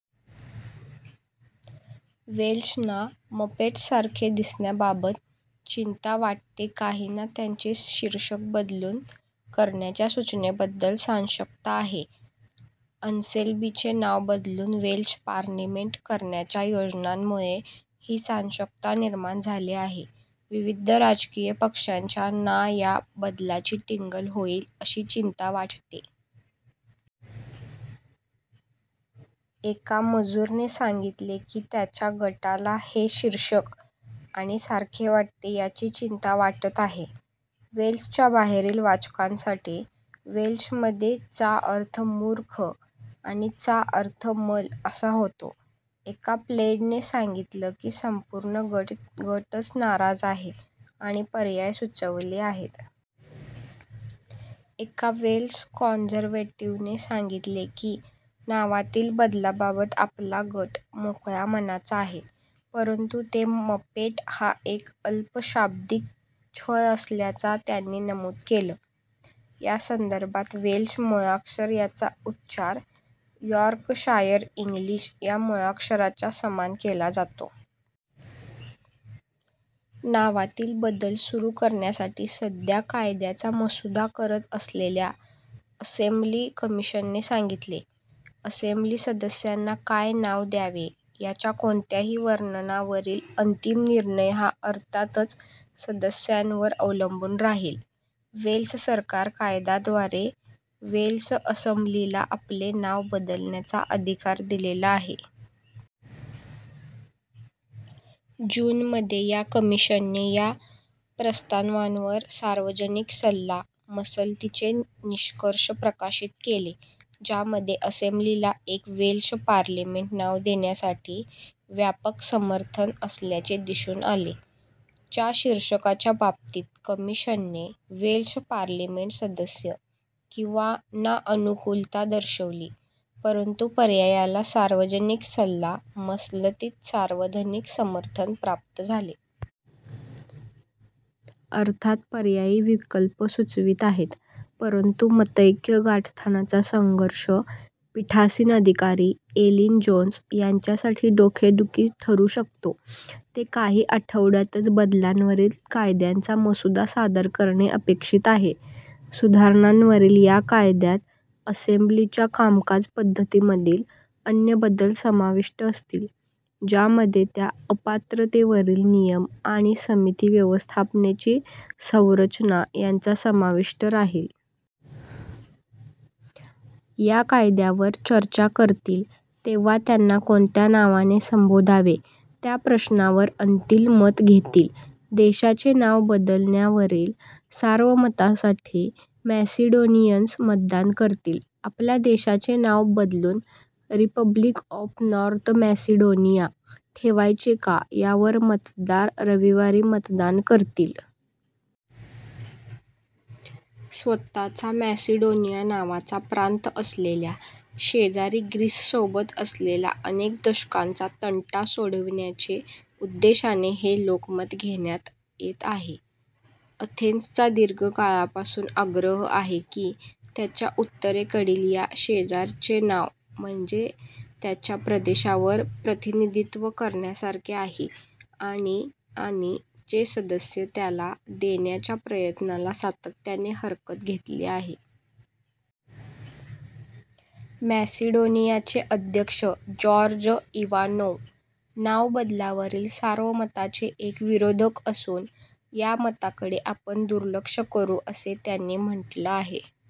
Welsh ना 'मपेट्ससारखे दिसण्याबाबत' चिंता वाटते काही ना त्यांचे शीर्षक बदलून करण्याच्या सूचनेबद्दल साशंकता आहे. असेंब्लीचे नाव बदलून वेल्श पार्लिमेंट करण्याच्या योजनांमुळे ही साशंकता निर्माण झाली आहे. विविध राजकीय पक्षांच्या ना या बदलाची टिंगल होईल अशी चिंता वाटते. एका मजूर ने सांगितले की त्यांच्या गटाला हे शीर्षक " आणि सारखे वाटते" याची चिंता वाटत आहे. वेल्सच्या बाहेरील वाचकांसाठी: वेल्शमध्ये चा अर्थ मूर्ख आणि चा अर्थ मल असा होतो. एका प्लेड ने सांगितलं की संपूर्ण गटच "नाराज आहे" आणि पर्याय सुचविले आहेत. एका वेल्श कॉन्झर्वेटिवने सांगितले की नावातील बदलाबाबत आपला गट "मोकळ्या मनाचा" आहे, परंतु ते मपेट हा एक अल्प शाब्दिक छळ असल्याचं त्यांनी नमूद केलं. या संदर्भात वेल्श मुळाक्षर याचा उच्चार यॉर्कशायर इंग्लिश या मुळाक्षराच्या समान केला जातो. नावातील बदल सुरु करण्यासाठी सध्या कायद्याचा मसुदा करत असलेल्या असेंब्ली कमिशनने सांगितले: "असेंब्ली सदस्यांना काय नाव द्यावे याच्या कोणत्याही वर्णनावरील अंतिम निर्णय हा अर्थातच सदस्यांवरच अवलंबून राहील. " वेल्स सरकार कायदा द्वारे वेल्श असेंब्लीला आपले नाव बदलण्याचा अधिकार दिलेला आहे. जूनमध्ये, या कमिशनने या प्रस्तावांवर सार्वजनिक सल्ला मसलतीचे निष्कर्ष प्रकाशित केले ज्यामध्ये असेंब्लीला एक वेल्श पार्लिमेंट नाव देण्यासाठी व्यापक समर्थन असल्याचे दिसून आले. च्या शीर्षकाच्या बाबतीत, कमिशनने वेल्श पार्लिमेंट सदस्य किंवा ना अनुकूलता दर्शविली, परंतु, पर्यायाला सार्वजनिक सल्ला मसलतीत सर्वाधिक समर्थन प्राप्त झाले. अर्थात पर्यायी विकल्प सुचवित आहेत, परंतु मतैक्य गाठतानाचा संघर्ष पीठासीन अधिकारी, एलिन जोन्स, यांच्यासाठी डोकेदुखी ठरु शकतो, ते काही आठवड्यातच बदलांवरील कायद्याचा मसुदा सादर करणे अपेक्षित आहे. सुधारणांवरील या कायद्यात असेंब्लीच्या कामकाज पद्धतीमधील अन्य बदल समाविष्ट असतील, ज्यामध्ये च्या अपात्रतेवरील नियम आणि समिती व्यवस्थेची संरचना यांचा समाविष्ट राहील. या कायद्यावर चर्चा करतील तेव्हा त्यांना कोणत्या नावाने संबोधावे त्या प्रश्नावर अंतिम मत घेतील. देशाचे नाव बदलण्यावरील सार्वमतासाठी मॅसेडोनियन्स मतदान करतील आपल्या देशाचे नाव बदलून "रिपब्लिक ऑफ नॉर्थ मॅसेडोनिया" ठेवायचे का यावर मतदार रविवारी मतदान करतील. स्वतःचा मॅसेडोनिया नावाचा प्रांत असलेल्या, शेजारी ग्रीससोबत असलेला अनेक दशकांचा तंटा सोडविण्याच्या उद्देशाने हे लोकमत घेण्यात येत आहे. अथेन्सचा दीर्घ काळापासून आग्रह आहे की त्याच्या उत्तरेकडील या शेजाऱ्याचे नाव म्हणजे त्यांच्या प्रदेशावर प्रतिनिधीत्व करण्यासारखे आहे आणि आणि चे सदस्य त्याला देण्याच्या प्रयत्नाला सातत्याने हरकत घेतली आहे. मॅसेडोनियाचे अध्यक्ष जॉर्ज इवानोव, नाव बदलावरील सार्वमताचे एक विरोधक असून, या मताकडे आपण दुर्लक्ष करु असे त्यांनी म्हटलं आहे.